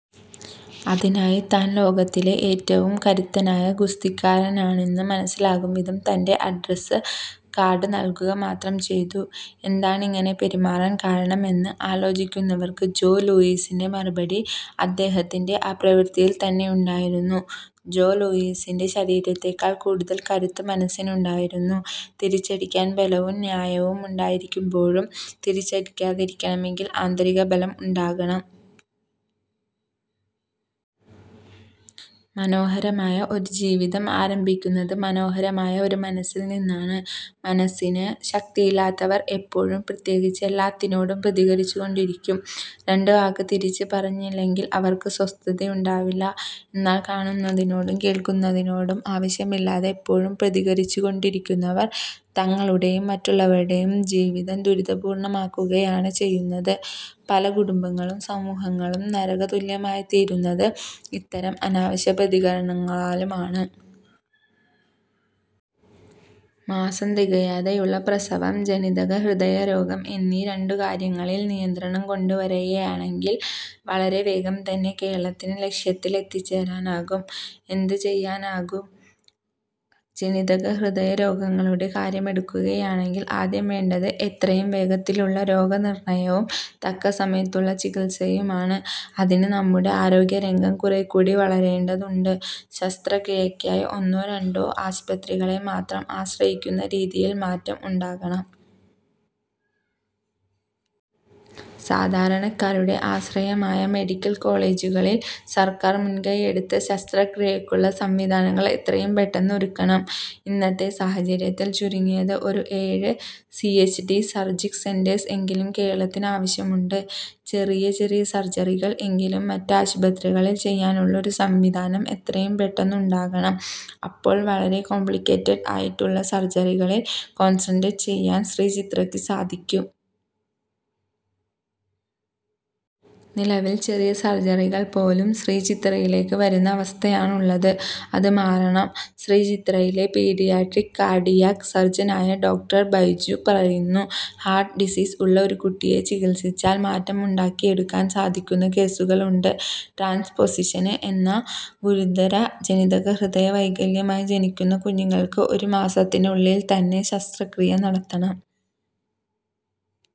അതിനായി താന് ലോകത്തിലെ ഏറ്റവും കരുത്തനായ ഗുസ്തിക്കാരനാണെന്ന് മനസിലാകുംവിധം തന്റെ അഡ്രസ് കാര്ഡ് നല്കുകമാത്രം ചെയ്തു. എന്താണിങ്ങനെ പെരുമാറാന് കാരണമെന്ന് ആലോചിക്കുന്നവര്ക്ക് ജോ ലൂയിസിന്റെ മറുപടി അദ്ദേഹത്തിന്റെ ആ പ്രവര്ത്തിയില് ത്തന്നെയുണ്ടായിരുന്നു. ജോ ലൂയിസിന്റെ ശരീരത്തെക്കാള് കൂടുതല് കരുത്ത് മനസ്സിനുണ്ടായിരുന്നു. തിരിച്ചടിക്കാന് ബലവും ന്യായവും ഉണ്ടായിരിക്കുമ്പോഴും തിരിച്ചടിക്കാതിരിക്കണമെങ്കില് ആന്തരികബലം ഉണ്ടാകണം. മനോഹരമായ ഒരു ജീവിതം ആരംഭിക്കുന്നത് മനോഹരമായ ഒരു മനസ്സില്നിന്നാണ്. മനസ്സിന് ശക്തിയില്ലാത്തവര് എപ്പോഴും, പ്രത്യേകിച്ച് എല്ലാത്തിനോടും പ്രതികരിച്ചുകൊണ്ടിരിക്കും. രണ്ട് വാക്ക് തിരിച്ചു പറഞ്ഞില്ലെങ്കില് അവര്ക്ക് സ്വസ്ഥതയുണ്ടാവില്ല. എന്നാല് കാണുന്നതിനോടും കേള്ക്കുന്നതിനോടും ആവശ്യമില്ലാതെ എപ്പോഴും പ്രതികരിച്ചുകൊണ്ടിരിക്കുന്നവര് തങ്ങളുടെയും മറ്റുള്ളവരുടെയും ജീവിതം ദുരിതപൂര്ണമാക്കുകയാണ് ചെയ്യുന്നത്. പല കുടുംബങ്ങളും സമൂഹങ്ങളും നരകതുല്യമായിത്തീരുന്നത് ഇത്തരം അനാവശ്യ പ്രതികരണങ്ങളാലുമാണ്. മാസം തികയാതെയുള്ള പ്രസവം, ജനിതക ഹൃദയരോഗം എന്നീ രണ്ടുകാര്യങ്ങളില് നിയന്ത്രണം കൊണ്ടുവരികയാണെങ്കില് വളരെ വേഗം തന്നെ കേരളത്തിന് ലക്ഷ്യത്തിലെത്തിച്ചേരാനാകും. എന്ത് ചെയ്യാനാകും. ജനിതകഹൃദയ രോഗങ്ങളുടെ കാര്യമെടുക്കുകയാണെങ്കില് ആദ്യം വേണ്ടത് എത്രയും വേഗത്തിലുള്ള രോഗനിര്ണയവും തക്കസമയത്തുള്ള ചികിത്സയുമാണ്. അതിന് നമ്മുടെ ആരോഗ്യരംഗം കുറേക്കൂടി വളരേണ്ടതുണ്ട്. ശസ്ത്രക്രിയക്കായി ഒന്നോ രണ്ടോ ആസ്പത്രികളെ മാത്രം ആശ്രയിക്കുന്ന രീതിയില് മാറ്റം ഉണ്ടാകണം. സാധാരണക്കാരുടെ ആശ്രയമായ മെഡിക്കല് കോളേജുകളില് സര്ക്കാര് മുന്കൈയെടുത്ത് ശസ്ത്രക്രിയക്കുള്ള സംവിധാനങ്ങള് എത്രയും പെട്ടന്ന് ഒരുക്കണം. ഇന്നത്തെ സാഹചര്യത്തില് ചുരുങ്ങിയത് ഒരു ഏഴ് സിഎച്ച്ഡി സര്ജിക് സെന്റേഴ്സ് എങ്കിലും കേരളത്തിന് ആവശ്യമുണ്ട്. ' ചെറിയ ചെറിയ സര്ജറികള് എങ്കിലും മറ്റു ആസ്പത്രികളില് ചെയ്യാനുള്ള ഒരു സംവിധാനം എത്രയും പെട്ടന്ന് ഉണ്ടാകണം, അപ്പോള് വളരെ കോംപ്ലിക്കേറ്റഡ് ആയിട്ടുള്ള സര്ജറികളില് കോണ്സന്ട്രേറ്റ് ചെയ്യാന് ശ്രീചിത്രക്ക് സാധിക്കും. നിലവില് ചെറിയ സര്ജറികള് പോലും ശ്രീചിത്രയിലേക്ക് വരുന്ന അവസ്ഥയാണുള്ളത്. അത് മാറണം. ' ശ്രീചിത്രയിലെ പീഡിയാട്രിക് കാര്ഡിയാക് സര്ജനായ ഡോ. ബൈജു പറയുന്നു. ' ഹാര്ട്ട് ഡിസീസ് ഉള്ള ഒരു കുട്ടിയെ ചികിത്സിച്ചാല് മാറ്റം ഉണ്ടാക്കിയെടുക്കാന് സാധിക്കുന്ന കേസുകളുണ്ട്. ട്രാന്സ്പൊസിഷന് എന്ന ഗുരുതര ജനിതക ഹൃദയ വൈകല്യവുമായി ജനിക്കുന്ന കുഞ്ഞുങ്ങള്ക്ക് ഒരുമാസത്തിനുള്ളില് തന്നെ ശസ്ത്രക്രിയ നടത്തണം.